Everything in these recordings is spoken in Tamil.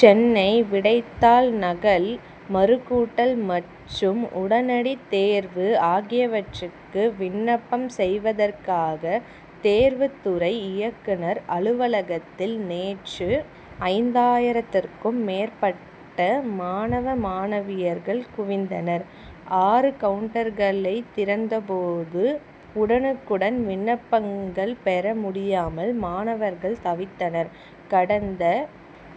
சென்னை விடைத்தாள் நகல் மறுகூட்டல் மற்றும் உடனடித் தேர்வு ஆகியவற்றுக்கு விண்ணப்பம் செய்வதற்காக தேர்வுத் துறை இயக்குனர் அலுவலகத்தில் நேற்று ஐந்தாயிரத்திற்கும் மேற்பட்ட மாணவ மாணவியர்கள் குவிந்தனர். ஆறு கவுன்டர்களை திறந்தபோது உடனுக்குடன் விண்ணப்பங்கள் பெற முடியாமல் மாணவர்கள் தவித்தனர். கடந்த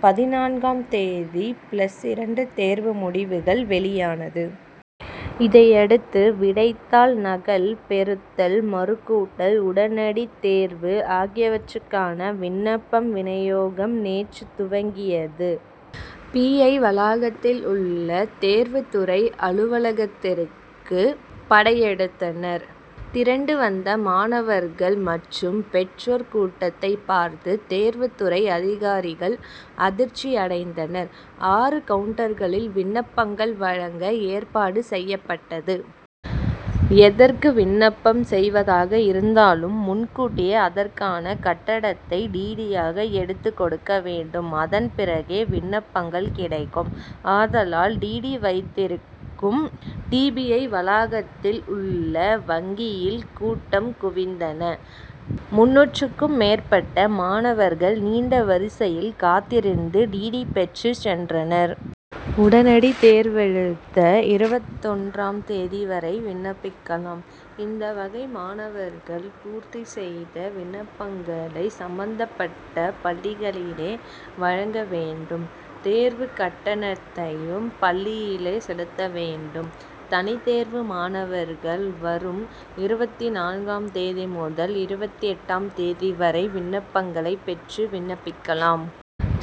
பதினான்காம் தேதி பிளஸ் இரண்டு தேர்வு முடிவுகள் வெளியானது. இதையடுத்து விடைத்தாள் நகல் பெறுத்தல் மறுகூட்டல் உடனடித் தேர்வு ஆகியவற்றுக்கான விண்ணப்பம் வினியோகம் நேற்று துவங்கியது. பி. ஐ. வளாகத்தில் உள்ள தேர்வுத் துறை அலுவலகத்திற்கு படையெடுத்தனர். திரண்டு வந்த மாணவர்கள் மற்றும் பெற்றோர் கூட்டத்தைப் பார்த்து தேர்வுத் துறை அதிகாரிகள் அதிர்ச்சி அடைந்தனர். ஆறு கவுன்டர்களில் விண்ணப்பங்கள் வழங்க ஏற்பாடு செய்யப்பட்டது. எதற்கு விண்ணப்பம் செய்வதாக இருந்தாலும் முன்கூட்டியே அதற்கான கட்டணத்தை டிடியாக எடுத்துக் கொடுக்க வேண்டும். அதன் பிறகே விண்ணப்பங்கள் கிடைக்கும். ஆதலால் டிடி வைத்திருக்கும் டி. பி. ஐ. வளாகத்தில் உள்ள வங்கியில் கூட்டம் குவிந்தன. முந்நூறுக்கும் மேற்பட்ட மாணவர்கள் நீண்ட வரிசையில் காத்திருந்து டிடி பெற்றுச் சென்றனர். உடனடித் தேர்வெழுத இருபத்தொன்றாம் தேதி வரை விண்ணப்பிக்கலாம். இந்த வகை மாணவர்கள் பூர்த்தி செய்த விண்ணப்பங்களை சம்பந்தப்பட்ட பள்ளிகளிலே வழங்க வேண்டும். தேர்வுக் கட்டணத்தையும் பள்ளியிலே செலுத்த வேண்டும். தனித்தேர்வு மாணவர்கள் வரும் இருபத்துநான்காம் தேதி முதல் இருபத்தெட்டாம் தேதி வரை விண்ணப்பங்களை பெற்று விண்ணப்பிக்கலாம்.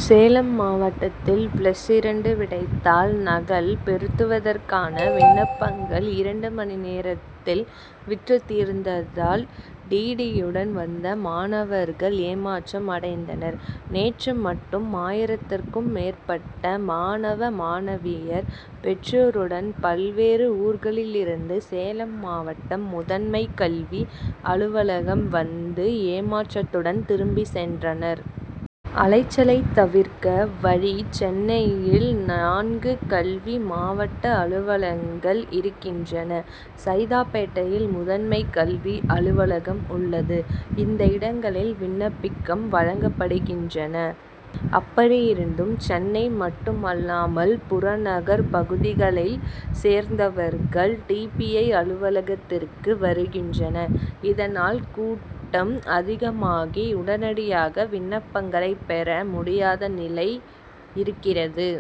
சேலம் மாவட்டத்தில் பிளஸ் இரண்டு விடைத்தாள் நகல் பெறுத்துவற்கான விண்ணப்பங்கள் இரண்டு மணி நேரத்தில் விற்று தீர்ந்ததால் டிடியுடன் வந்த மாணவர்கள் ஏமாற்றம் அடைந்தனர். நேற்று மட்டும் ஆயிரத்துக்கும் மேற்பட்ட மாணவ மாணவியர் பெற்றோருடன் பல்வேறு ஊர்களில் இருந்து சேலம் மாவட்ட முதன்மைக்கல்வி அலுவலகம் வந்து ஏமாற்றத்துடன் திரும்பி சென்றனர். அலைச்சலை தவிர்க்க வழி சென்னையில் நான்கு கல்வி மாவட்ட அலுவலகங்கள் இருக்கின்றன. சைதாப்பேட்டையில் முதன்மை கல்வி அலுவலகம் உள்ளது. இந்த இடங்களில் விண்ணப்பிக்கம் வழங்கப்படுகின்றன. அப்படியிருந்தும் சென்னை மட்டுமில்லாமல் புறநகர்ப் பகுதிகளைச் சேர்ந்தவர்கள் டி. பி. ஐ. அலுவலகத்திற்கே வருகின்றனர். இதனால் கூட்டம் அதிகமாகி உடனடியாக விண்ணப்பங்களை பெற முடியாத நிலை இருக்கிறது.